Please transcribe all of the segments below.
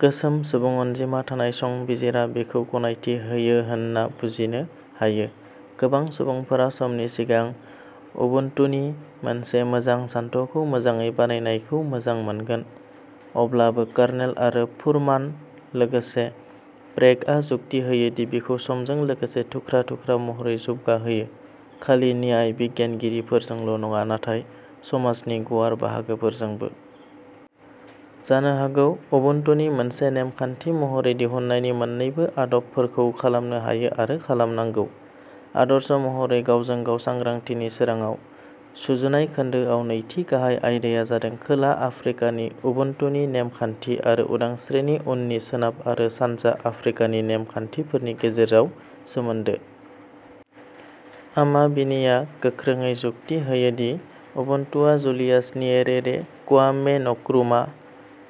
गोसोम सुबुं अनजिमा थानाय, संबिजिरा बेखौ गनायथि होयो होन्ना बुजिनो हायो। गोबां सुबुंफोरा समनि सिगां उबुन्टुनि मोनसे मोजां सानथौखौ मोजाङै बानायनायखौ मोजां मोनगोन। अब्लाबो कर्नेल आरो फुरमान, लोगोसे प्रेगआ जुक्ति होयो दि बेखौ समजों लोगोसे थुख्रा थुख्रा महरै जौगाहोयो, खालि न्याय बिगियानगिरिफोरजोंल' नङा, नाथाय समाजनि गुवार बाहागोफोरजोंबो। जानो हागौ, उबुन्टुनि मोनसे नेम खान्थि महरै दिहुननायनि मोन्नैबो आदबफोरखौ खालामनो हायो आरो खालामनांगौ, आदर्श महरै गावजों गाव सांग्रांथिनि सोरांङाव। सुजुनाय खोन्दोआव नैथि गाहाय आयदाया जादों खोला आफ्रिकानि उबुन्टुनि नेम खान्थि आरो उदांस्रिनि उननि सोनाब आरो सानजा आफ्रिकानि नेम खान्थिफोरनि गेजेराव सोमोन्दो। आमा बिनीया गोख्रोंयै जुक्ति होयो दि उबुन्टुआ Julius Nyerere, Kwame Nkrumah,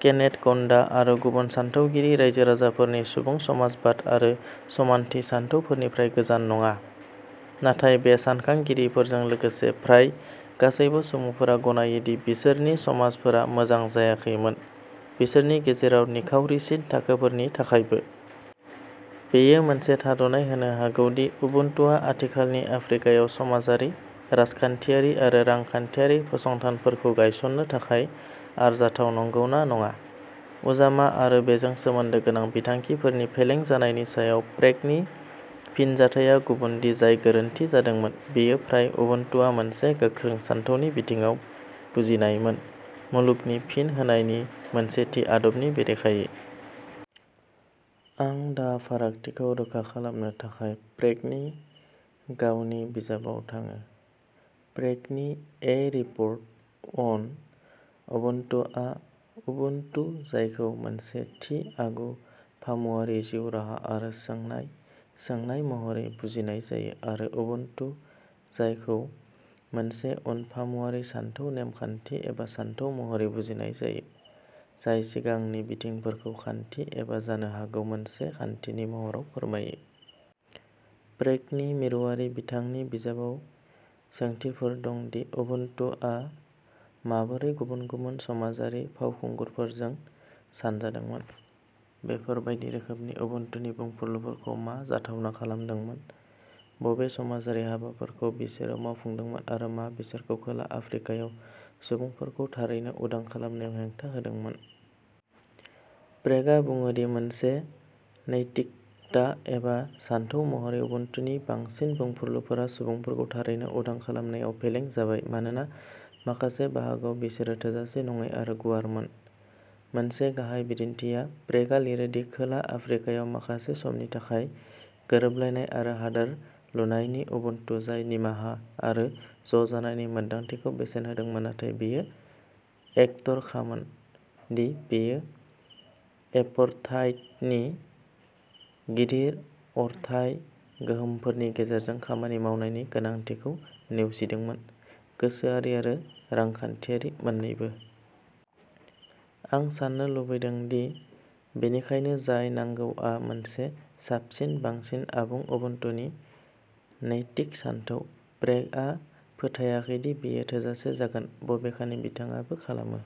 Kenneth Kaunda आरो गुबुन सानथौगिरि रायजो-राजाफोरनि सुबुं समाजबाद आरो समानथि सानथौनिफ्राय गोजान नङा। नाथाय बे सानखांगिरिफोरजों लोगोसे फ्राय गासैबो सुबुंफोरा गनायो दि बिसोरनि समाजफोरा मोजां जायाखैमोन, बिसोरनि गेजेराव निखावरिसिन थाखोफोरनि थाखायबो। बेयो मोनसे थाद'नाय होनो हागौ दि उबुन्टुआ आथिखालनि आफ्रिकायाव समाजारि, राजखान्थियारि आरो रांखान्थियारि फसंथानफोरखौ गायसननो थाखाय आरजाथाव नंगौना नङा। उजामा आरो बेजों सोमोन्दो गोनां बिथांखिफोरनि फेलें जानायनि सायाव प्रेगनि फिनजाथाया गुबुनदि जाय गोरोन्थि जादोंमोन, बेयो फ्राय उबुन्टुआ मोनसे गोख्रों सानथौनि बिथिङाव बुजिनायमोन, मुलुगनो फिन होनायनि मोनसे थि आदबनि बेरेखायै। आं दा फारागथिखौ रोखा खालामनो थाखाय प्रेगनि गावनि बिजाबाव थाङो। प्रेगनि ए रिप'र्ट अन उबुन्टुआ "उबुन्टु", जायखौ मोनसे थि आगु-फामुवारि जिउ राहा आरो सोंनाय-सोंनाय महरै बुजिनाय जायो आरो "उबुन्टु', जायखौ मोनसे उन फामुवारि सानथौ, नेम खान्थि एबा सानथौ महरै बुजिनाय जायो, जाय सिगांनि बिथिंफोरखौ खान्थि एबा जानो हागौ मोनसे खान्थिनि महराव फोरमायो। प्रेगनि मिरुआरि बिथांनि बिजाबाव सोंथिफोर दं दि उबुन्टुआ माबोरै गुबुन गुबुन समाजारि फावखुंगुरफोरजों सानजादोंमोन, बेफोर बायदि रोखोमनि उबुन्टुनि बुंफुरलुफोरखौ मा जाथावना खालामदोंमोन, बबे समाजारि हाबाफोरखौ बिसोर मावफुंदोंमोन आरो मा बिसोरखौ खोला आफ्रिकायाव सुबुंफोरखौ थारैनो उदां खालामनायाव हेंथा होदोंमोन। प्रेगआ बुङो दि मोनसे नैतिकता एबा सानथौ महरै उबुन्टुनि बांसिन बुंफुरलुफोरा सुबुंफोरखौ थारैनो उदां खालामनायाव फेलें जाबाय मानोना माखासे बाहागोआव बिसोरो थोजासे नङै आरो गुवारमोन। मोनसे गाहाय बिदिन्थिआव, प्रेगआ लिरो दि, खोला आफ्रिकायाव माखासे समनि थाखाय गोरोबलायनाय आरो हादोर-लुनायनि उबुन्टु, जाय निमाहा आरो ज' जानायनि मोनदांथिखौ बेसेन होदोंमोन नाथाय बेयो एकटरखामोन दि बेयो एपार्थाइडनि गिदिर अरथाय गोहोमफोरनि गेजेरजों खामानि मावनायनि गोनांथिखौ नेवसिदोंमोन, गोसोआरि आरो रांखान्थियारि मोन्नैबो। आं साननो लुबैदों दि बेनिखायनो जाय नांगौआ मोनसे साबसिन, बांसिन आबुं उबुन्टुनि नैतिक सानथौ। प्रेगआ फोथायाखै दि बेयो थोजासे जागोन, बबेखानि बिथाङाबो खालामो।